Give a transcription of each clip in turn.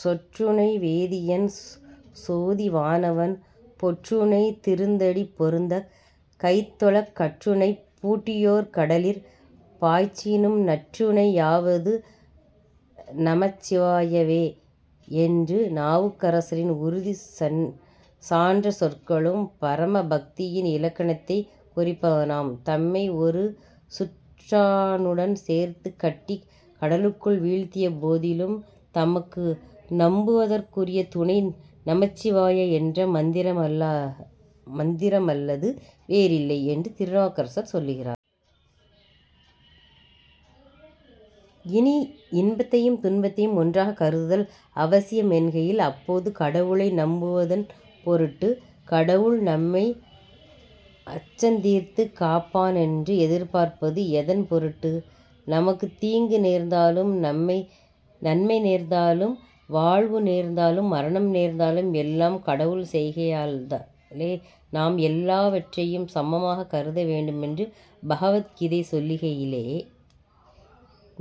சொற்றுணை வேதியன் சோதி வானவன் பொற்றுணை திருந்தடி பொருந்தக் கைதொழக் கற்றுணைப் பூட்டியோர் கடலிற் பாய்ச்சினும் நற்றுணை யாவது நமச் சிவாய வே என்று நாவுக்கரசரின் உறுதி சான்ற சொற்களும் பரமபக்தியின் இலக்கணத்தைக் குறிப்பவனவாம். தம்மை ஒரு சுற்றாணுடன் சேர்த்துக் கட்டிக் கடலுக்குள் வீழ்த்திய போதிலும் தமக்கு நம்புவதற்குரிய துணை நமச்சிவாய என்ற மந்திரமல்லது வேறில்லை என்று திருநாவுக்கரசர் சொல்லுகிறார். இனி, இன்பத்தையும் துன்பத்தையும் ஒன்றாகக் கருதுதல் அவசியமென்கையில், அப்போது கடவுளை நம்புவதென் பொருட்டு? கடவுள் நம்மை அச்சந்தீர்த்துக் காப்பானென்று எதிர்ப்பார்ப்பது எதன் பொருட்டு? நமக்குத் தீங்கு நேர்ந்தாலும், நன்மை நேர்ந்தாலும், வாழ்வு நேர்ந்தாலும், மரணம் நேர்ந்தாலும் எல்லாம் கடவுள் செய்கையால் தானே நாம் எல்லாவற்றையும் சமமாகக் கருத வேண்டுமென்று பகவத் கீதை சொல்லுகையிலே,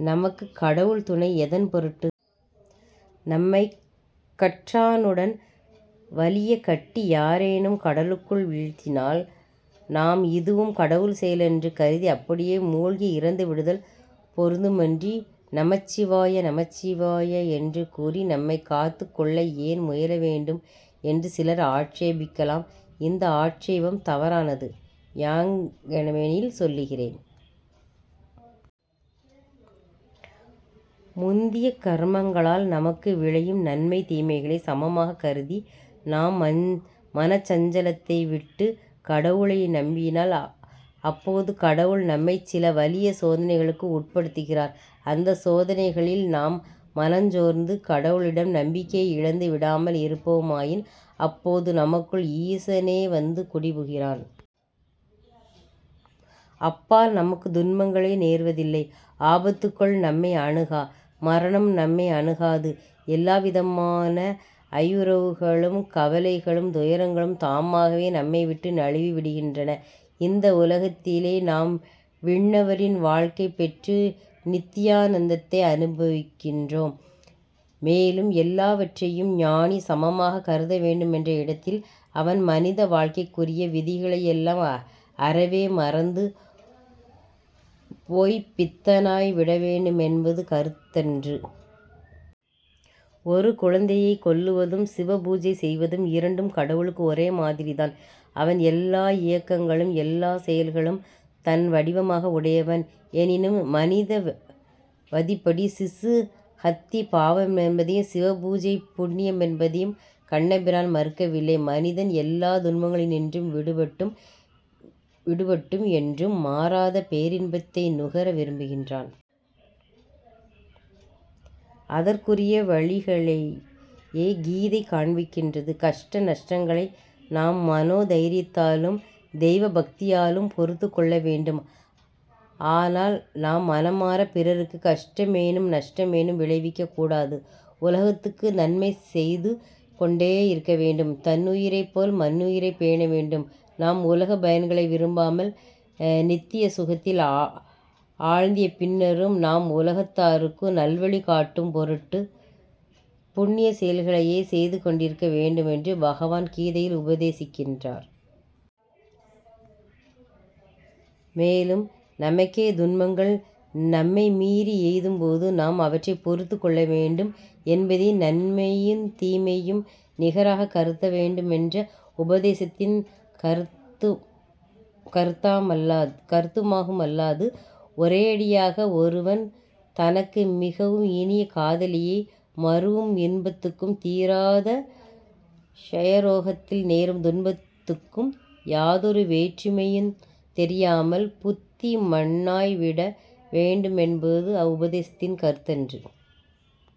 நமக்குக் கடவுள் துணை எதன் பொருட்டு? நம்மைக் கற்றாணுடன் வலியக் கட்டி யாரேனும் கடலுக்குள் வீழ்த்தினால், நாம் இதுவும் கடவுள் செயலென்று கருதி அப்படியே மூழ்கி இறந்து விடுதல் பொருந்துமன்றி, நமச்சிவாய, நமச்சிவாய என்று கூறி நம்மைக் காத்துக்கொள்ள ஏன் முயல வேண்டும்? என்று சிலர் ஆக்ஷேபிக்கலாம். இந்த ஆக்ஷேபம் தவறானது. யாங்ஙனமெனில், சொல்லுகிறேன். முந்திய கர்மங்களால் நமக்கு விளையும் நன்மை தீமைகளைச் சமமாகக் கருதி நாம் மனச்சஞ்லத்தை விட்டுக் கடவுளை நம்பினால், அப்போது கடவுள் நம்மைச் சில வலிய சோதனைகளுக்கு உட்படுத்துகிறார். அந்தச் சோதனைகளில் நாம் மனஞ்சோர்ந்து கடவுளிடம் நம்பிக்கையை இழந்து விடாமல் இருப்போமாயின், அப்போது நமக்குள் ஈசனே வந்து குடிபுகிறான். அப்பால் நமக்குத் துன்பங்களே நேர்வதில்லை. ஆபத்துக்கள் நம்மை அணுகா. மரணம் நம்மை அணுகாது. எல்லாவிதமான ஐயுறவுகளும், கவலைகளும், துயரங்களும், தாமாகவே நம்மை விட்டு நழுவிவிடுகின்றன. இந்த உலகத்திலே நாம் விண்ணவரின் வாழ்க்கை பெற்று நித்தியானந்தத்தை அனுபவிக்கின்றோம். மேலும், எல்லாவற்றையும் ஞானி சமமாகக் கருதவேண்டுமென்ற இடத்தில், அவன் மனித வாழ்க்கைக்குரிய விதிகளையெல்லாம் அறவே மறந்து போய்ப் பித்தனாய் விடவேண்டுமென்பது கருத்தன்று. ஒரு குழந்தையைக் கொல்லுவதும், சிவ பூஜை செய்வதும் இரண்டும் கடவுளுக்கு ஒரே மாதிரிதான். அவன் எல்லா இயக்கங்களும், எல்லாச் செயல்களும் தன் வடிவமாக உடையவன், எனினும், மனித வதிப்படி சிசு ஹத்தி பாவமென்பதையும், சிவபூஜை புண்ணியமென்பதையும் கண்ணபிரான் மறுக்கவில்லை. மனிதன் எல்லாந் துன்பங்களினின்றும் விடுபட்டும், என்றும் மாறாத பேரின்பத்தை நுகர விரும்புகின்றான். அதற்குரிய வழிகளையே கீதை காண்பிக்கின்றது. கஷ்ட நஷ்டங்களை நாம் மனோ தைரியத்தாலும் தெய்வ பக்தியாலும் பொறுத்துக் கொள்ளவேண்டும். ஆனால், நாம் மனமாரப் பிறருக்குக் கஷ்ட மேனும் நஷ்ட மேனும் விளைவிக்கக் கூடாது. உலகத்துக்கு நன்மை செய்து கொண்டேயிருக்க வேண்டும். தன்னுயிரைப்போல் மன்னுயிரைப் பேணவேண்டும். நாம் உலகப் பயன்களை விரும்பாமல், நித்திய சுகத்தில் ஆழ்ந்திய பின்னரும், நாம் உலகத்தாருக்கு நல்வழி காட்டும் பொருட்டுப் புண்ணியச் செயல்களையே செய்து கொண்டிருக்க வேண்டுமென்று பகவான் கீதையில் உபதேசிக்கின்றார். மேலும், நமக்கே துன்பங்கள் நம்மை மீறி எய்தும்போது நாம் அவற்றைப் பொறுத்துக் கொள்ள வேண்டும் என்பதே நன்மையையுந் தீமையையும் நிகராகக் கருதவேண்டுமென்ற உபதேசத்தின் கருத்துமாகுமல்லாது, ஒரேயடியாக ஒருவன் தனக்கு மிகவும் இனிய காதலியை மருவும் இன்பத்துக்கும் தீராத க்ஷயரோகத்தில் நேரும் துன்பத்துக்கும் யாதொரு வேற்றுமையுந் தெரியாமல் புத்தி மண்ணாய் விட வேண்டுமென்பது அவ்வுபதேசத்தின் கருத்தன்று.